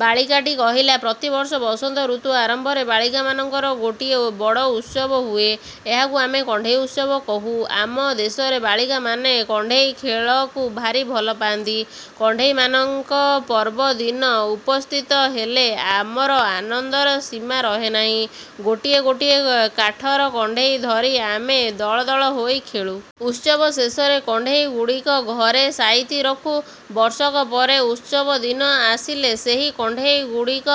ବାଳିକାଟି କହିଲା-ପ୍ରତିବର୍ଷ ବସନ୍ତ ଋତୁ ଆରମ୍ଭରେ ବାଳିକାମାନଙ୍କର ଗୋଟିଏ ବଡ଼ ଉତ୍ସବ ହୁଏ। ଏହାକୁ ଆମେ "କଣ୍ଢେଇ ଉତ୍ସବ" କହୁ। ଆମ ଦେଶର ବାଳିକାମାନେ କଣ୍ଢେଇ ଖେଳକୁ ଭାରି ଭଲ ପାଆନ୍ତି। କଣ୍ଢେଇମାନଙ୍କ ପର୍ବଦିନ ଉପସ୍ଥିତ ହେଲେ ଆମର ଆନନ୍ଦର ସୀମା ରହେ ନାହିଁ। ଗୋଟିଏ ଗୋଟିଏ କାଠର କଣ୍ଢେଇ ଧରି ଆମେ ଦଳ ଦଳ ହୋଇ ଖେଳୁ। ଉତ୍ସବ ଶେଷରେ କଣ୍ଢେଇଗୁଡ଼ିକ ଘରେ ସାଇତି ରଖୁ। ବର୍ଷକ ପରେ ଉତ୍ସବ ଦିନ ଆସିଲେ ସେହି କଣ୍ଢେଇଗୁଡ଼ିକ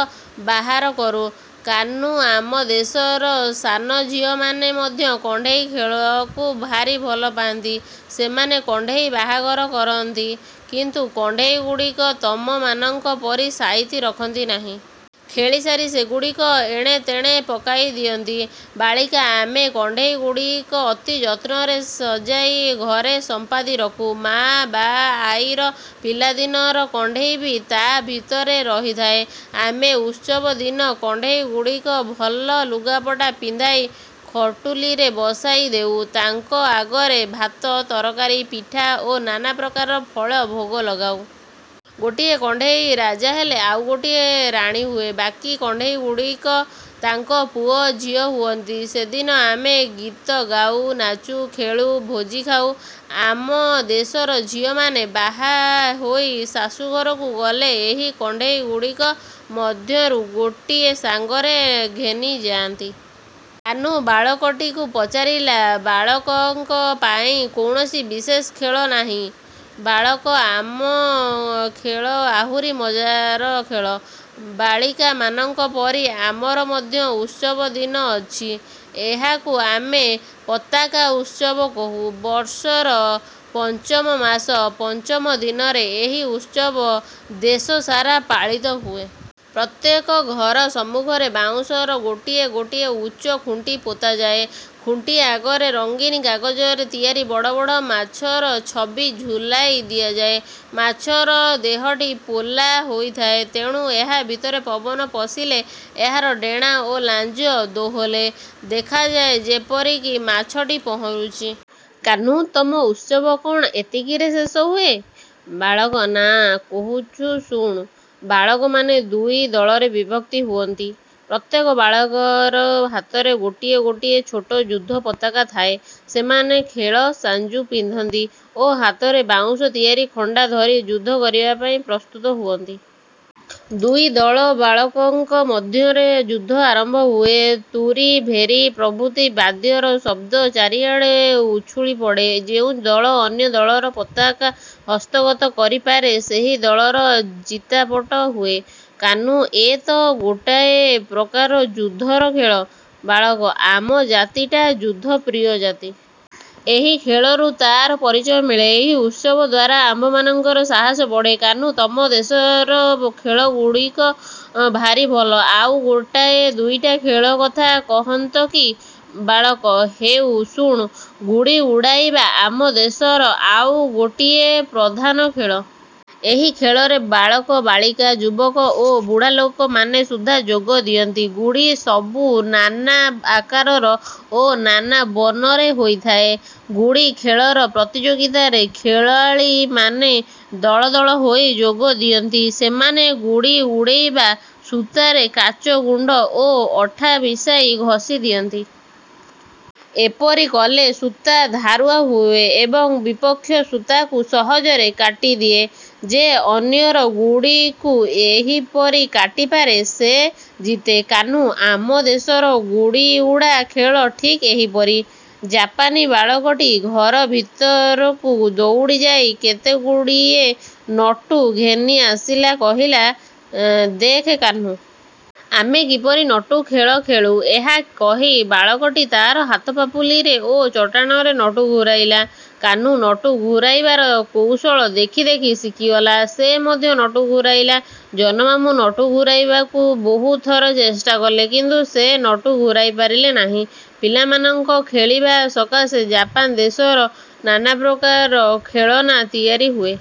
ବାହାର କରୁ। କାହ୍ନୁ-ଆମ ଦେଶର ସାନଝିଅମାନେ ମଧ୍ୟ କଣ୍ଢେଇ ଖେଳକୁ ଭାରି ଭଲ ପାଆନ୍ତି। ସେମାନେ "କଣ୍ଢେଇ ବାହାଘର" କରନ୍ତି। କିନ୍ତୁ କଣ୍ଢେଇଗୁଡ଼ିକ ତମମାନଙ୍କ ପରି ସାଇତି ରଖନ୍ତି ନାହିଁ। ଖେଳିସାରି ସେଗୁଡ଼ିକ ଏଣେତେଣେ ପକାଇ ଦିଅନ୍ତି। ବାଳିକା-ଆମେ କଣ୍ଢେଇଗୁଡ଼ିକ ଅତି ଯତ୍ନରେ ସଜାଇ ଘରେ ସମ୍ପାଦି ରଖୁ। ମା' ବା ଆଈର ପିଲାଦିନର କଣ୍ଢେଇ ବି ତା' ଭିତରେ ରହିଥାଏ। ଆମେ ଉତ୍ସବ ଦିନ କଣ୍ଢେଇଗୁଡ଼ିକ ଭଲ ଲୁଗାପଟା ପିନ୍ଧାଇ ଖଟୁଲିରେ ବସାଇ ଦେଉ। ତାଙ୍କ ଆଗରେ ଭାତ, ତରକାରୀ, ପିଠା, ଓ ନାନାପ୍ରକାର ଫଳ ଭୋଗ ଲଗାଉ। ଗୋଟିଏ କଣ୍ଢେଇ ରାଜା ହେଲେ ଆଉ ଗୋଟିଏ ରାଣୀ ହୁଏ। ବାକୀ କଣ୍ଢେଇଗୁଡ଼ିକ ତାଙ୍କ ପୁଅ ଝିଅ ହୁଅନ୍ତି। ସେଦିନ ଆମେ ଗୀତ ଗାଉ, ନାଚୁ, ଖେଳୁ, ଭୋଜି ଖାଉ। ଆମ ଦେଶର ଝିଅମାନେ ବାହାହୋଇ ଶାଶୁଘରକୁ ଗଲେ ଏହି କଣ୍ଢେଇଗୁଡ଼ିକ ମଧ୍ୟରୁ କେତୋଟି ସାଙ୍ଗରେ ଘେନି ଯାଆନ୍ତି। କାହ୍ନୁ ବାଳକଟିକୁ ପଚାରିଲା-ବାଳକଙ୍କ ପାଇଁ କୌଣସି ବିଶେଷ ଖେଳ ନାହିଁ? ବାଳକ-ଆମ ଖେଳ ଆହୁରି ମଜାର ଖେଳ। ବାଳିକାମାନଙ୍କ ପରି ଆମର ମଧ୍ୟ ଉତ୍ସବ ଦିନ ଅଛି। ଏହାକୁ ଆମେ "ପତାକା ଉତ୍ସବ" କହୁ। ବର୍ଷର ପଞ୍ଚମ ମାସ ପଞ୍ଚମ ଦିନରେ ଏହି ଉତ୍ସବ ଦେଶସାରା ପାଳିତ ହୁଏ। ପ୍ରତ୍ୟେକଘର ସମ୍ମୁଖରେ ବାଉଁଶର ଗୋଟିଏ ଗୋଟିଏ ଉଚ୍ଚ ଖୁଣ୍ଟି ପୋତାଯାଏ। ଖୁଣ୍ଟି ଆଗରେ ରଙ୍ଗିନ କାଗଜରେ ତିଆରି ବଡ଼ବଡ଼ ମାଛର ଛବି ଝୁଲାଇ ଦିଆଯାଏ। ମାଛର ଦେହଟି ପୋଲା ହୋଇଥାଏ। ତେଣୁ ଏହା ଭିତରେ ପବନ ପଶିଲେ ଏହାର ଡେଣା ଓ ଲାଞ୍ଜ ଦୋହଲେ। ଦେଖାଯାଏ ଯେପରିକି ମାଛଟି ପହଁରୁଛି। କାହ୍ନୁ-ତମ ଉତ୍ସବ କ'ଣଏତିକି ରେ ଶେଷ ହୁଏ? ବାଳକ-ନାଁ, କହୁଛୁ ଶୁଣ। ବାଳକମାନେ ଦୁଇ ଦଳରେ ବିଭକ୍ତ ହୁଅନ୍ତି। ପ୍ରତ୍ୟେକ ବାଳକର ହାତରେ ଗୋଟିଏ ଗୋଟିଏ ଛୋଟ ଯୁଦ୍ଧ ପତାକା ଥାଏ। ସେମାନେ ଖେଳ-ସାଞ୍ଜୁ ପିନ୍ଧନ୍ତି ଓ ହାତରେ ବାଉଁଶ ତିଆରି ଖଣ୍ଡା ଧରି ଯୁଦ୍ଧ କରିବା ପାଇଁ ପ୍ରସ୍ତୁତ ହୁଅନ୍ତି। ଦୁଇଦଳ ବାଳକଙ୍କ ମଧ୍ୟରେ ଯୁଦ୍ଧ ଆରମ୍ଭ ହୁଏ। ତୂରୀ, ଭେରୀ ପ୍ରଭୃତି ବାଦ୍ୟର ଶବ୍ଦ ଚାରିଆଡ଼େ ଉଛୁଳି ପଡ଼େ। ଯେଉଁ ଦଳ ଅନ୍ୟ ଦଳର ପତାକା ହସ୍ତଗତ କରିପାରେ ସେହି ଦଳର ଜିତାପଟ ହୁଏ। କାହ୍ନୁ-ଏ ତ ଗୋଟାଏ ପ୍ରକାର ଯୁଦ୍ଧର ଖେଳ! ବାଳକ-ଆମ ଜାତିଟା ଯୁଦ୍ଧପ୍ରିୟ ଜାତି। ଏହି ଖେଳରୁ ତାର ପରିଚୟ ମିଳେ। ଏହି ଉତ୍ସବ ଦ୍ଵାରା ଆମ୍ଭମାନଙ୍କର ସାହସ ବଢ଼େ। କାହ୍ନୁ-ତମ ଦେଶର ଖେଳଗୁଡ଼ିକ ଭାରି ଭଲ। ଆଉ ଗୋଟାଏ ଦୁଇଟା ଖେଳ କଥା କହନ୍ତ କି? ବାଳକ-ହେଉ ଶୁଣ। ଗୁଡ଼ି ଉଡ଼ାଇବା ଆମ ଦେଶର ଆଉ ଗୋଟିଏ ପ୍ରଧାନ ଖେଳ। ଏହି ଖେଳରେ ବାଳକ, ବାଳିକା, ଯୁବକ ଓ ବୁଢ଼ାଲୋକମାନେ ସୁଦ୍ଧା ଯୋଗ ଦିଅନ୍ତି। ଗୁଡ଼ି ସବୁ ନାନା ଆକାରର ଓ ନାନା ବର୍ଣ୍ଣରେ ହୋଇଥାଏ। ଗୁଡ଼ି ଖେଳର ପ୍ରତିଯୋଗିତାରେ ଖେଳାଳୀମାନେ ଦଳ ଦଳ ହୋଇ ଯୋଗ ଦିଅନ୍ତି। ସେମାନେ ଗୁଡ଼ି ଉଡ଼େଇବା ସୂତାରେ କାଚ ଗୁଣ୍ଡ ଓ ଅଠା ମିଶାଇ ଘଷି ଦିଅନ୍ତି। ଏପରି କଲେ ସୂତା ଧାରୁଆ ହୁଏ ଏବଂ ବିପକ୍ଷ ସୂତାକୁ ସହଜରେ କାଟିଦିଏ-। ଯେ ଅନ୍ୟର ଗୁଡ଼ିକୁ ଏହିପରି କାଟିପାରେ, ସେ ଜିତେ। କାହ୍ନୁ-ଆମ ଦେଶର ଗୁଡ଼ିଉଡ଼ା ଖେଳ ଠିକ୍ ଏହିପରି।। ଜାପାନୀ ବାଳକଟି ଘର ଭିତରକୁ ଦଉଡ଼ିଯାଇ କେତେଗୁଡ଼ିଏ ନଟୁ ଘେନିଆସିଲା କହିଲା-ଦେଖ କାହ୍ନୁ! ଆମେ କିପରି ନଟୁ ଖେଳ ଖେଳୁ। ଏହା କହି ବାଳକଟି ତା'ର ହାତ ପାପୁଲିରେ ଓ ଚଟାଣରେ ନଟୁ ଘୂରାଇଲା। କାହ୍ନୁ ନଟୁ ଘୂରାଇବାର କୌଶଳ ଦେଖି ଦେଖି ଶିଖିଗଲା। ସେ ମଧ୍ୟ ନଟୁ ଘୂରାଇଲା। ଜହ୍ନମାମୁଁ ନଟୁ ଘୂରାଇବାକୁ ବହୁ ଥର ଚେଷ୍ଟା କଲେ, କିନ୍ତୁ ସେ ନଟୁ ଘୂରାଇ ପାରିଲେ ନାହିଁ। ପିଲାମାନଙ୍କ ଖେଳିବା ସକାଶେ ଜାପାନ ଦେଶର ନାନାପ୍ରକାର ଖେଳନା ତିଆରି ହୁଏ-।